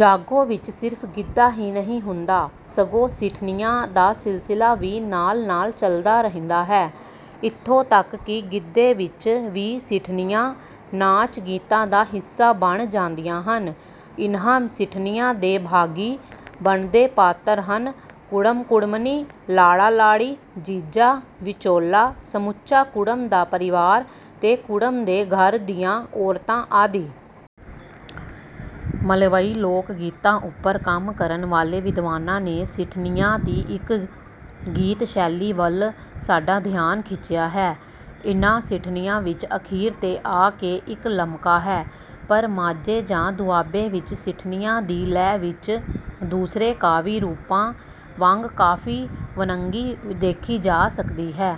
ਜਾਗੋ ਵਿਚ ਸਿਰਫ਼ ਗਿੱਧਾ ਹੀ ਨਹੀਂ ਹੁੰਦਾ ਸਗੋ ਸਿੱਠਨੀਆਂ ਦਾ ਸਿਲਸਲਾ ਵੀ ਨਾਲ ਨਾਲ ਚਲਦਾ ਰਹਿੰਦਾ ਹੈ। ਇਥੋ ਤੱਕ ਕਿ ਗਿੱਧੇ ਵਿਚ ਵੀ ਸਿੱਠਨੀਆਂ ਨਾਚ ਗੀਤਾਂ ਦਾ ਹਿੱਸਾ ਬਣ ਜਾਂਦੀਆਂ ਹਨ। ਇੰਨ੍ਹਾਂ ਸਿੱਠਨੀਆਂ ਦੇ ਭਾਗੀ ਬਣਦੇ ਪਾਤਰ ਹਨ-ਕੁੜਮ-ਕੁੜਮਨੀ, ਲਾੜਾ-ਲਾੜੀ, ਜੀਜਾ, ਵਿਚੋਲਾ, ਸਮੁੱਚਾ ਕੁੜਮ ਦਾ ਪਰਿਵਾਰ ਤੇ ਕੁੜਮ ਦੇ ਘਰ ਦੀਆਂ ਔਰਤਾਂ ਆਦਿ। ਮਲਵਈ ਲੋਕਗੀਤਾਂ ਉੱਪਰ ਕੰਮ ਕਰਨ ਵਾਲੇ ਵਿਦਵਾਨਾਂ ਨੇ ਸਿੱਠਨੀਆਂ ਦੀ ਇਕ ਗੀਤ ਸ਼ੈਲੀ ਵੱਲ ਸਾਡਾ ਧਿਆਨ ਖਿੱਚਿਆ ਹੈ। ਇੰਨਾਂ ਸਿੱਠਨੀਆਂ ਵਿਚ ਅਖੀਰ ਤੇ ਆਕੇ ਇਕ ਲਮਕਾ ਹੈ ਪਰ ਮਾਝੇ ਜਾਂ ਦੁਆਬੇ ਵਿਚ ਸਿੱਠਨੀਆਂ ਦੀ ਲੈਅ ਵਿਚ ਦੂਸਰੇ ਕਾਵਿ ਰੂਪਾਂ ਵਾਂਗ ਕਾਫ਼ੀ ਵੰਨਗੀ ਦੇਖੀ ਜਾ ਸਕਦੀ ਹੈ।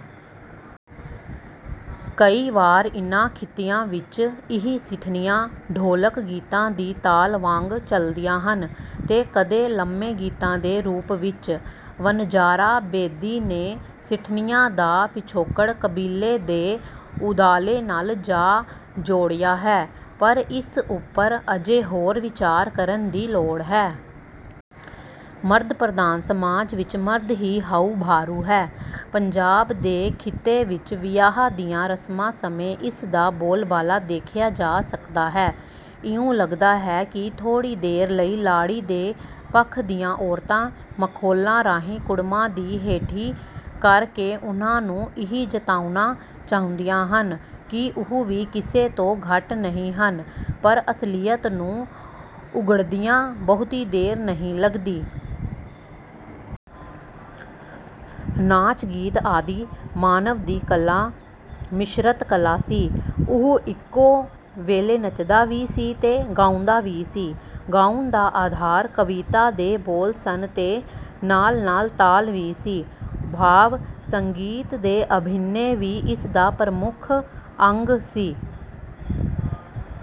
ਕਈ ਵਾਰ ਇਨ੍ਹਾਂ ਖਿੱਤਿਆਂ ਵਿਚ ਇਹ ਸਿੱਠਨੀਆਂ ਢੋਲਕ ਗੀਤਾਂ ਦੀ ਤਾਲ ਵਾਂਗ ਚਲਦੀਆਂ ਹਨ ਤੇ ਕਦੇ ਲੰਮੇ ਗੀਤਾਂ ਦੇ ਰੂਪ ਵਿਚ। ਵਨਜਾਰਾ ਬੇਦੀ ਨੇ ਸਿੱਠਨੀਆਂ ਦਾ ਪਿਛੋਕੜ ਕਬੀਲੇ ਦੇ ਉਧਾਲੇ ਨਾਲ ਜਾ ਜੋੜਿਆ ਹੈ ਪਰ ਇਸ ਉੱਪਰ ਅਜੇ ਹੋਰ ਵਿਚਾਰ ਕਰਨ ਦੀ ਲੋੜ ਹੈ। ਮਰਦ ਪ੍ਰਧਾਨ ਸਮਾਜ ਵਿਚ ਮਰਦ ਦੀ ਹਉਂ ਭਾਰੂ ਹੈ। ਪੰਜਾਬ ਦੇ ਖਿੱਤੇ ਵਿਚ ਵਿਆਹ ਦੀਆਂ ਰਸਮਾਂ ਸਮੇਂ ਇਸ ਦਾ ਬੋਲਬਾਲਾ ਦੇਖਿਆ ਜਾ ਸਕਦਾ ਹੈ। ਇਉਂ ਲਗਦਾ ਹੈ ਕਿ ਥੋੜ੍ਹੀ ਦੇਰ ਲਈ ਲਾੜੀ ਦੇ ਪੱਖ ਦੀਆਂ ਔਰਤਾਂ ਮਖੌਲਾਂ ਰਾਹੀ ਕੁੜਮਾਂ ਦੀ ਹੇਠੀ ਕਰਕੇ ਉਨ੍ਹਾਂ ਨੂੰ ਇਹ ਜਤਾਉਨਾ ਚਾਹੁੰਦੀਆਂ ਹਨ ਕਿ ਉਹ ਵੀ ਕਿਸੇ ਤੋਂ ਘੱਟ ਨਹੀਂ ਹਨ ਪਰ ਅਸਲੀਅਤ ਨੂੰ ਉਘੜਦਿਆਂ ਬਹੁਤੀ ਦੇਰ ਨਹੀਂ ਲੱਗਦੀ। ਨਾਚ ਗੀਤ ਆਦਿ ਮਾਨਵ ਦੀ ਕਲਾ ਮਿਸ਼ਰਤ ਕਲਾ ਸੀ। ਉਹ ਇਕੋ ਵੇਲੇ ਨੱਚਦਾ ਵੀ ਸੀ ਤੇ ਗਾਉਂਦਾ ਵੀ ਸੀ। ਗਾਉਣ ਦਾ ਆਧਾਰ ਕਵਿਤਾ ਦੇ ਬੋਲ ਸਨ ਤੇ ਨਾਲ ਨਾਲ ਤਾਲ ਵੀ ਸੀ; ਭਾਵ ਸੰਗੀਤ ਤੇ ਅਭਿਨੈ ਵੀ ਇਸਦਾ ਪ੍ਰਮੁੱਖ ਅੰਗ ਸੀ।